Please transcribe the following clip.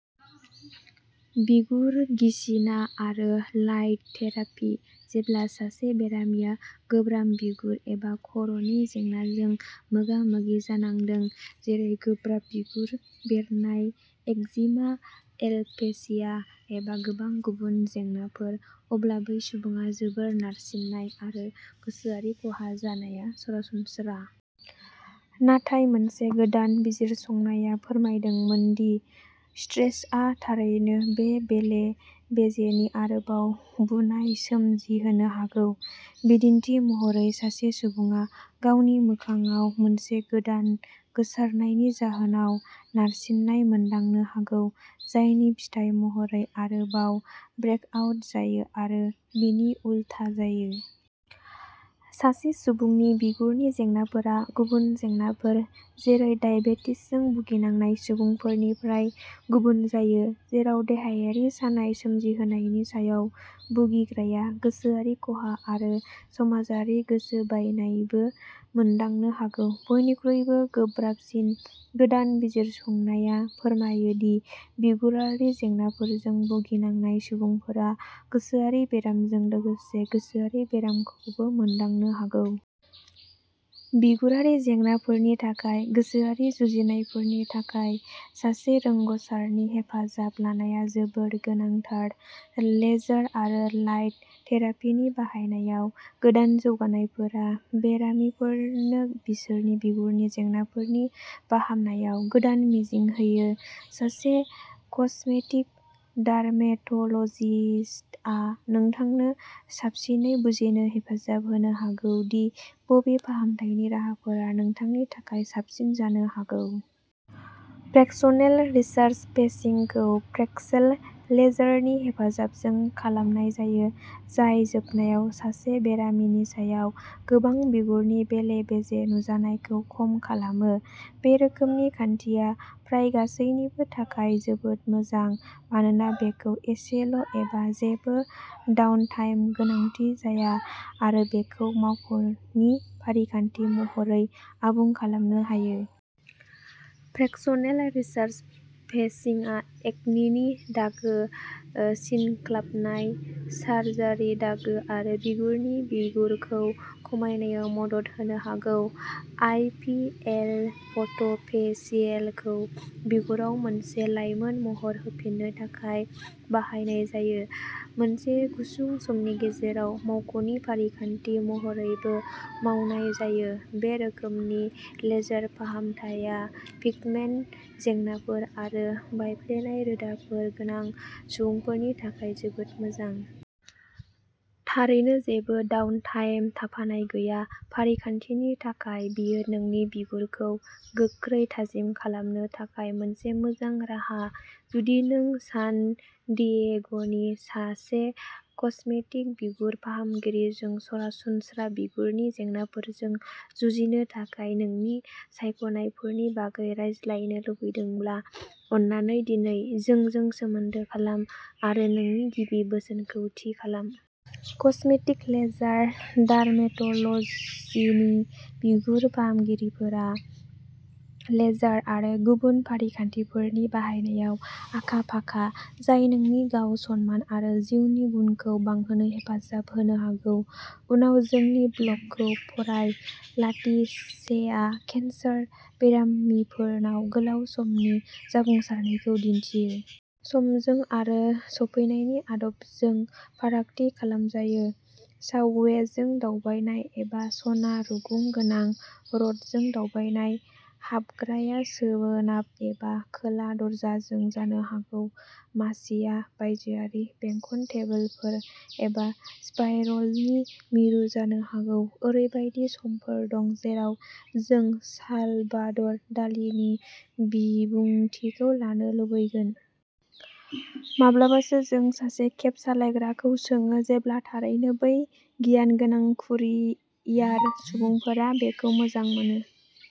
बिगुर गिसिना आरो light therapy. जेब्ला सासे बेरामिया गोब्राब बिगुर एबा खर "नि जेंनाजों मोगा मोगि जानांदों, जेरै गोब्राब बिगुर बेरनाय, एक्जिमा, एलपेसिया एबा गोबां गुबुन जेंनाफोर, अब्ला बै सुबुङा जोबोद नारसिननाय आरो गोसोआरि खहा जानाया सरासनस्रा। नाथाय मोनसे गोदान बिजिरसंनाया फोरमायदोंमोन दि स्ट्रेसआ थारैनो बे बेले बेजेनि आरोबाव बुनाय सोमजिहोनो हागौ। बिदिन्थि महरै, सासे सुबुङा गावनि मोखांआव मोनसे गोदान गोसारनायनि जाहोनाव नारसिननाय मोनदांनो हागौ, जायनि फिथाय महरै आरोबाव ब्रेकआउट जायो आरो बिनि उलथा जायो। सासे सुबुंनि बिगुरनि जेंनाफोरा गुबुन जेंनाफोर जेरै दाइबेटिसजों भुगिनांनाय सुबुंफोरनिफ्राय गुबुन जायो, जेराव देहायारि सानाय सोमजिहोनायनि सायाव, भुगिग्राया गोसोआरि खहा आरो समाजारि गोसोबायनायबो मोनदांनो हागौ। बयनिख्रुइबो गोब्राबसिन, गोदान बिजिरसंनाया फोरमायो दि बिगुरारि जेंनाफोरजों भुगिनांनाय सुबुंफोरा गोसोआरि बेरामजों लोगोसे गोसोआरि बेरामखौबो मोनदांनो हागौ। बिगुरारि जेंनाफोरनि थाखाय गोसोआरि जुजिनायफोरनि थाखाय सासे रोंग'सारनि हेफाजाब लानाया जोबोद गोनांथार। लेजार आरो लाइट थेरापिनि बाहायनायाव गोदान जौगानायफोरा बेरामिफोरनो बिसोरनि बिगुरनि जेंनाफोरनि फाहामनायाव गोदान मिजिं होयो। सासे कस्मेटिक डार्मेट'लजिस्टआ नोंथांनो साबसिनै बुजिनो हेफाजाब होनो हागौ दि बबे फाहामथायनि राहाफोरा नोंथांनि थाखाय साबसिन जानो हागौ। फ्रेक्सनेल रिसारफेसिंखौ फ्रेक्सेल लेजारनि हेफाजाबजों खालामनाय जायो, जाय जोबनायाव सासे बेरामिनि सायाव गोबां बिगुरनि बेले बेजे नुजानायखौ खम खालामो। बे रोखोमनि खान्थिया फ्राय गासैनिबो थाखाय जोबोद मोजां, मानोना बेखौ एसेल'एबा जेबो डाउनटाइम गोनांथि जाया आरो बेखौ मावख'नि फारिखान्थि महरै आबुं खालामनो हायो। फ्रेक्सनेल रिसारफेसिंआ एकनिनि दागो, ओ सिनख्लाबनाय, सार्जारि दागो आरो बिगुरनि बिगुरखौ खमायनायाव मदद होनो हागौ। आइ. पि. एल. फट'फेसियेलखौ बिगुराव मोनसे लाइमोन महर होफिन्नो थाखाय बाहायनाय जायो। मोनसे गुसुं समनि गेजेराव मावख'नि फारिखान्थि महरैबो मावनाय जायो, बे रोखोमनि लेजार फाहामथाया पिगमेन्ट जेंनाफोर आरो बायफ्लेनाय रोदाफोर गोनां सुबुंफोरनि थाखाय जोबोद मोजां। थारैनो जेबो डाउनटाइम थाफानाय गैया। फारिखान्थिनि थाखाय, बेयो नोंनि बिगुरखौ गोख्रै थाजिम खालामनो थाखाय मोनसे मोजां राहा। जुदि नों सान डियेग'नि सासे कस्मेटिक बिगुर फाहामगिरिजों सरासनस्रा बिगुरनि जेंनाफोरजों जुजिनो थाखाय नोंनि सायख'नायफोरनि बागै रायज्लायनो लुबैदोंब्ला, अन्नानै दिनै जोंजों सोमोन्दो खालाम आरो नोंनि गिबि बोसोनखौ थि खालाम। कस्मेटिक लेजार डार्मेट'लजिनि बिगुर फाहामगिरिफोरा लेजार आरो गुबुन फारिखान्थिफोरनि बाहायनायाव आखा फाखा, जाय नोंनि गाव सनमान आरो जिउनि गुनखौ बांहोनो हेफाजाब होनो हागौ। उनाव, जोंनि ब्लगखौ फराय, लाटिसेआ केन्सार बेरामिफोरनाव गोलाव समनि जाफुंसारनायखौ दिन्थियो। समजों आरो सफैनायनि आदबजों फारागथि खालामजायो। साबवेजों दावबायनाय एबा सना रुगुं गोनां रथजों दावबायनाय। हाबग्राया सोनाब एबा खोला दरजाजों जानो हागौ, मासिआ बायजोआरि बेंखन टेबोलफोर एबा स्पाइरलनि मिरु जानो हागौ। ओरैबायदि समफोर दं जेराव जों सालभादर डालीनि बिबुंथिखौ लानो लुबैगोन। माब्लाबासो जों सासे केब सालायग्राखौ सोङो, जेब्ला थारैनो बै गियानगोनां कुरियार सुबुंफोरा बेखौ मोजां मोनो।